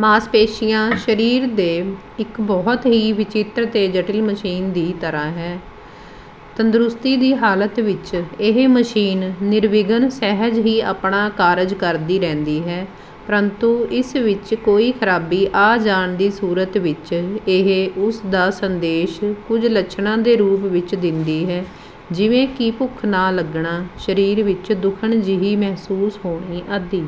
ਮਾਸਪੇਸ਼ੀਆਂ ਸਰੀਰ ਦੇ ਇੱਕ ਬਹੁਤ ਹੀ ਵਿਚਿਤ੍ਰ ਤੇ ਜਟਿਲ ਮਸ਼ੀਨ ਦੀ ਤਰਾਂ ਹੈ। ਤੰਦਰੁਸਤੀ ਦੀ ਹਾਲਤ ਵਿੱਚ ਇਹ ਮਸ਼ੀਨ ਨਿਰਵਿਘਨ ਸਹਿਜ ਹੀ ਆਪਣਾ ਕਾਰਜ ਕਰਦੀ ਰਹਿੰਦੀ ਹੈ ਪ੍ਰੰਤੂ ਇਸ ਵਿੱਚ ਕੋਈ ਖ਼ਰਾਬੀ ਆ ਜਾਣ ਦੀ ਸੂਰਤ ਵਿੱਚ ਇਹ ਉਸ ਦਾ ਸੰਦੇਸ਼ ਕੁਝ ਲੱਛਣਾਂ ਦੇ ਰੂਪ ਵਿੱਚ ਦਿੰਦੀ ਹੈ ਜਿਵੇਂ ਕਿ ਭੁੱਖ ਨਾ ਲੱਗਣਾ, ਸਰੀਰ ਵਿੱਚ ਦੁਖਣ ਜਿਹੀ ਮਹਿਸੂਸ ਹੋਣੀ ਆਦਿ।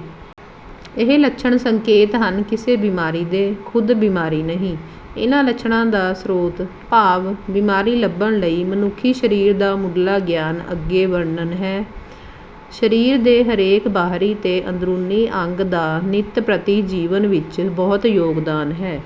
ਇਹ ਲੱਛਣ ਸੰਕੇਤ ਹਨ ਕਿਸੇ ਬਿਮਾਰੀ ਦੇ, ਖ਼ੁਦ ਬਿਮਾਰੀ ਨਹੀਂ। ਇਨ੍ਹਾਂ ਲੱਛਣਾਂ ਦਾ ਸ੍ਰੋਤ ਭਾਵ ਬਿਮਾਰੀ ਲੱਭਣ ਲਈ ਮਨੁੱਖੀ ਸਰੀਰ ਦਾ ਮੁਢਲਾ ਗਿਆਨ ਅੱਗੇ ਵਰਨਣ ਹੈ। ਸਰੀਰ ਦੇ ਹਰੇਕ ਬਾਹਰੀ ਤੇ ਅੰਦਰੂਨੀ ਅੰਗ ਦਾ ਨਿਤ ਪ੍ਰਤੀ ਜੀਵਨ ਵਿੱਚ ਬਹੁਤ ਯੋਗਦਾਨ ਹੈ।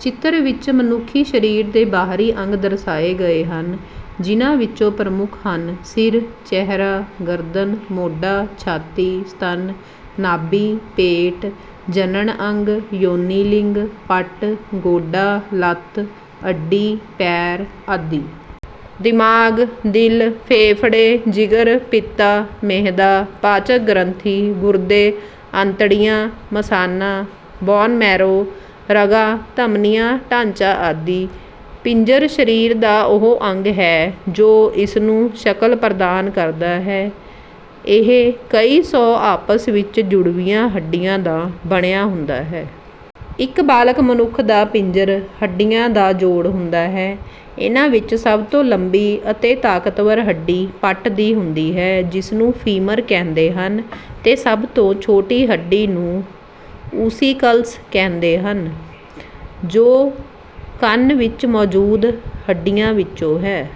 ਚਿਤਰ ਵਿੱਚ ਮਨੁੱਖੀ ਸਰੀਰ ਦੇ ਬਾਹਰੀ ਅੰਗ ਦਰਸਾਏ ਗਏ ਹਨ ਜਿਨ੍ਹਾਂ ਵਿਚੌਂ ਪ੍ਰਮੁੱਖ ਹਨ, ਸਿਰ, ਚਿਹਰਾ, ਗਰਦਨ, ਮੋਢਾ, ਛਾਤੀ, ਸਤਨ, ਨਾਭੀ, ਪੇਟ, ਜਨਣ ਅੰਗ:- ਯੋਨੀ ਲਿੰਗ, ਪੱਟ, ਗੋਡਾ, ਲੱਤ, ਅੱਡੀ, ਪੈਰ ਆਦਿ। ਦਿਮਾਗ, ਦਿਲ, ਫੇਫ਼ੜੇ, ਜਿਗਰ, ਪਿੱਤਾ, ਮਿਹਦਾ, ਪਾਚਕ-ਗ੍ਰੰਥੀ, ਗੁਰਦੇ, ਅੰਤੜੀਆਂ, ਮਸਾਨਾ, ਬੋਨ ਮੈਰੋ, ਰਗਾਂ ਧਮਨੀਆਂ ਢਾਂਚਾ ਆਦਿ। ਪਿੰਜਰ ਸਰੀਰ ਦਾ ਉਹ ਅੰਗ ਹੈ ਜੋ ਇਸ ਨੂੰ ਸ਼ਕਲ ਪ੍ਰਦਾਨ ਕਰਦਾ ਹੈ। ਇਹ ਕਈ ਸੌ ਆਪਸ ਵਿੱਚ ਜੁੜਵੀਆਂ ਹੱਡੀਆਂ ਦਾ ਬਣਿਆ ਹੁੰਦਾ ਹੇ। ਇਕ ਬਾਲਗ ਮਨੁੱਖ ਦਾ ਪਿੰਜਰ ਹੱਡੀਆ ਦਾ ਜੋੜ ਹੁੰਦਾ ਹੈ। ਇਨ੍ਹਾਂ ਵਿੱਚ ਸਭ ਤੌਂ ਲੰਬੀ ਅਤੇ ਤਾਕਤਵਰ ਹੱਡੀ ਪੱਟ ਦੀ ਹੁੰਦੀ ਹੈ ਜਿਸਨੂੰ ਫੀਮਰ ਕਹਿੰਦੇ ਹਨ, ਤੇ ਸਭ ਤੌਂ ਛੋਟੀ ਹੱਡੀ ਨੂੰ ਓਸੀਕਲਸ ਕਹਿੰਦੇ ਹਨ ਜੋ ਕੰਨ ਵਿੱਚ ਮੌਜੂਦ ਹੱਡੀਆਂ ਵਿੱਚੋਂ ਹੈ।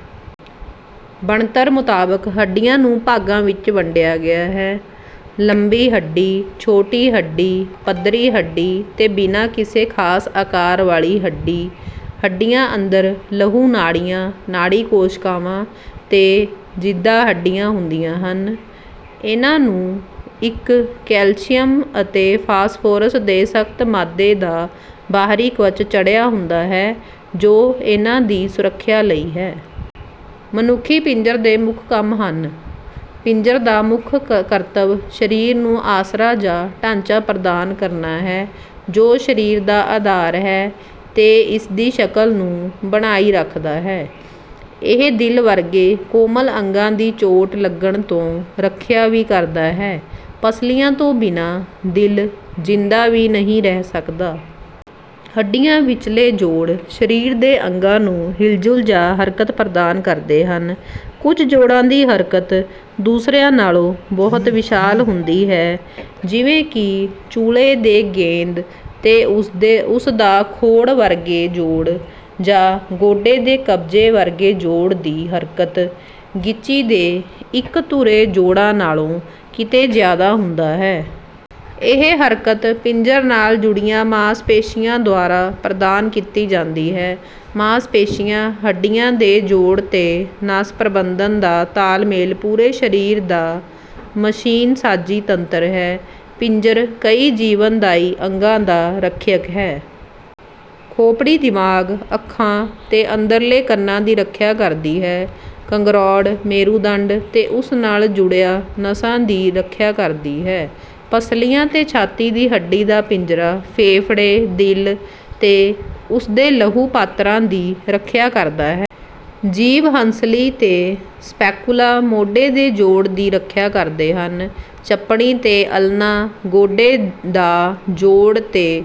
ਬਣਤਰ ਮੁਤਾਬਕ ਹੱਡੀਆਂ ਨੂੰ ਭਾਗਾਂ ਵਿੱਚ ਵੰਡਿਆ ਗਿਆ ਹੈ- ਲੰਬੀ ਹੱਡੀ, ਛੋਟੀ ਹੱਡੀ, ਪੱਧਰੀ ਹੱਡੀ ਅਤੇ ਬਿਨਾ ਕਿਸੇ ਖ਼ਾਸ ਆਕਾਰ ਵਾਲੀ ਹੱਡੀ ਹੱਡੀਆਂ ਅੰਦਰ ਲਹੂ ਨਾੜੀਆਂ, ਨਾੜੀ ਕੋਸ਼ਕਾਵਾਂ ਤੇ ਜਿੰਦਾ ਹੱਡੀਆਂ ਹੁੰਦੀਆਂ ਹਨ। ਇਨ੍ਹਾਂ ਨੂੰ ਇੱਕ ਕੈਲਸ਼ੀਅਮ ਤੇ ਫਾਸਫੋਰਸ ਦੇ ਸਖ਼ਤ ਮਾਦੇ ਦਾ ਬਾਹਰੀ ਕਵਚ ਚੜਿਆ ਹੁੰਦਾ ਹੈ ਜੋ ਇਨ੍ਹਾਂ ਦੀ ਸੁਰੱਖਿਆ ਲਈ ਹੈ। ਮਨੁੱਖੀ ਪਿੰਜਰ ਦੇ ਮੁੱਖ ਕੰਮ ਹਨ। ਪਿੰਜਰ ਦਾ ਮੁੱਖ ਕਰਤਵ ਸਰੀਰ ਨੂੰ ਆਸਰਾ ਜਾਂ ਢਾਂਚਾ ਪ੍ਰਦਾਨ ਕਰਨਾ ਹੈ ਜੋ ਸਰੀਰ ਦਾ ਅਧਾਰ ਹੈ ਤੇ ਇਸ ਦੀ ਸ਼ਕਲ ਨੂੰ ਬਣਾਈ ਰੱਖਦਾ ਹੈ। ਇਹ ਦਿਲ ਵਰਗੇ ਕੋਮਲ ਅੰਗਾਂ ਦੀ ਚੋਟ ਲਗਣ ਤੋਂ ਰੱਖਿਆ ਵੀ ਕਰਦਾ ਹੈ, ਪਸਲੀਆ ਤੋਂ ਬਿਨਾਂ ਦਿਲ ਜ਼ਿੰਦਾ ਵੀ ਨਹੀਂ ਰਹਿ ਸਕਦਾ। ਹੱਡੀਆਂ ਵਿਚਲੇ ਜੋੜ ,ਸਰੀਰ ਦੇ ਅੰਗਾਂ ਨੂੰ ਹਿਲਜੁਲ ਜਾਂ ਹਰਕਤ ਪ੍ਰਦਾਨ ਕਰਦੇ ਹਨ। ਕੁਝ ਜੋੜਾਂ ਦੀ ਹਰਕਤ ਦੁਸਰਿਆਂ ਨਾਲੋਂ ਬਹੁਤ ਵਿਸ਼ਾਲ ਹੁੰਦੀ ਹੈ ਜਿਵੇਂ ਕਿ ਚੂਲੇ ਦੇ ਗੇਂਦ ਤੇ ਉਸ ਦਾ ਖੋੜ ਵਰਗੇ ਜੋੜ ਜਾਂ ਗੋਡੇ ਦੇ ਕਬਜੇ ਵਰਗੇ ਜੋੜ ਦੀ ਹਰਕਤ ਗਿੱਚੀ ਦੇ ਇੱਕ ਧੁਰੇ ਜੋੜਾਂ ਨਾਲੋਂ ਕਿਤੇ ਜਿਆਦਾ ਹੁੰਦਾ ਹੈ। ਇਹ ਹਰਕਤ ਪਿੰਜਰ ਨਾਲ ਜੁੜੀਆਂ ਮਾਸ ਪੇਸ਼ੀਆਂ ਦੁਆਰਾ ਪ੍ਰਦਾਨ ਕੀਤੀ ਜਾਂਦੀ ਹੈ। ਮਾਸ ਪੇਸ਼ੀਆਂ, ਹੱਢੀਆਂ ਦੇ ਜੋੜ ਤੇ ਨਸ ਪ੍ਰਬੰਧਣ ਦਾ ਤਾਲ-ਮੇਲ ਪੂਰੇ ਸਰੀਰ ਦਾ ਮਸ਼ੀਨਸਾਜੀ ਤੰਤਰ ਹੈ। ਪਿੰਜਰ ਕਈ ਜੀਵਨ-ਦਾਈ ਅੰਗਾਂ ਦਾ ਰੱਖਿਅਕ ਹੈ। ਖੋਪੜੀ ਦਿਮਾਗ, ਅੱਖਾਂ ਤੇ ਅੰਦਰਲੇ ਕੰਨਾਂ ਦੀ ਰੱਖਿਆ ਕਰਦੀ ਹੈ। ਕੰਗਰੋੜ, ਮੇਰੂਦੰਡ ਤੇ ਉਸ ਨਾਲ ਜੁੜਿਆਂ ਨਸਾਂ ਦੀ ਰੱਖਿਆ ਕਰਦੀ ਹੈ। ਪਸਲੀਆਂ ਤੇ ਛਾਤੀ ਦੀ ਹੱਡੀ ਦਾ ਪਿੰਜਰਾ ਫੇਫ਼ੜੇ, ਦਿਲ ਤੇ ਉਸ ਦੇ ਲਹੂ ਪਾਤਰਾਂ ਦੀ ਰੱਖਿਆ ਕਰਦਾ ਹੈ। ਜੀਵ ਹੰਸਲੀ ਤੇ ਸਪੈਕੁਲਾ ਮੋਢੇ ਦੇ ਜੋੜ ਦੀ ਰੱਖਿਆ ਕਰਦੇ ਹਨ। ਚਪਣੀ ਤੇ ਅਲਨਾ ਗੋਡੇ ਦਾ ਜੋੜ ਤੇ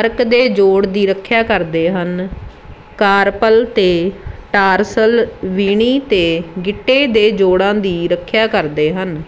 ਅਰਕ ਦੇ ਜੋੜ ਦੀ ਰੱਖਿਆ ਕਰਦੇ ਹਨ। ਕਾਰਪਲ ਤੇ ਟਾਰਸਲ ਵੀਣੀ ਤੇ ਗਿੱਟੇ ਦੇ ਜੋੜਾਂ ਦੀ ਰੱਖਿਆ ਕਰਦੇ ਹਨ।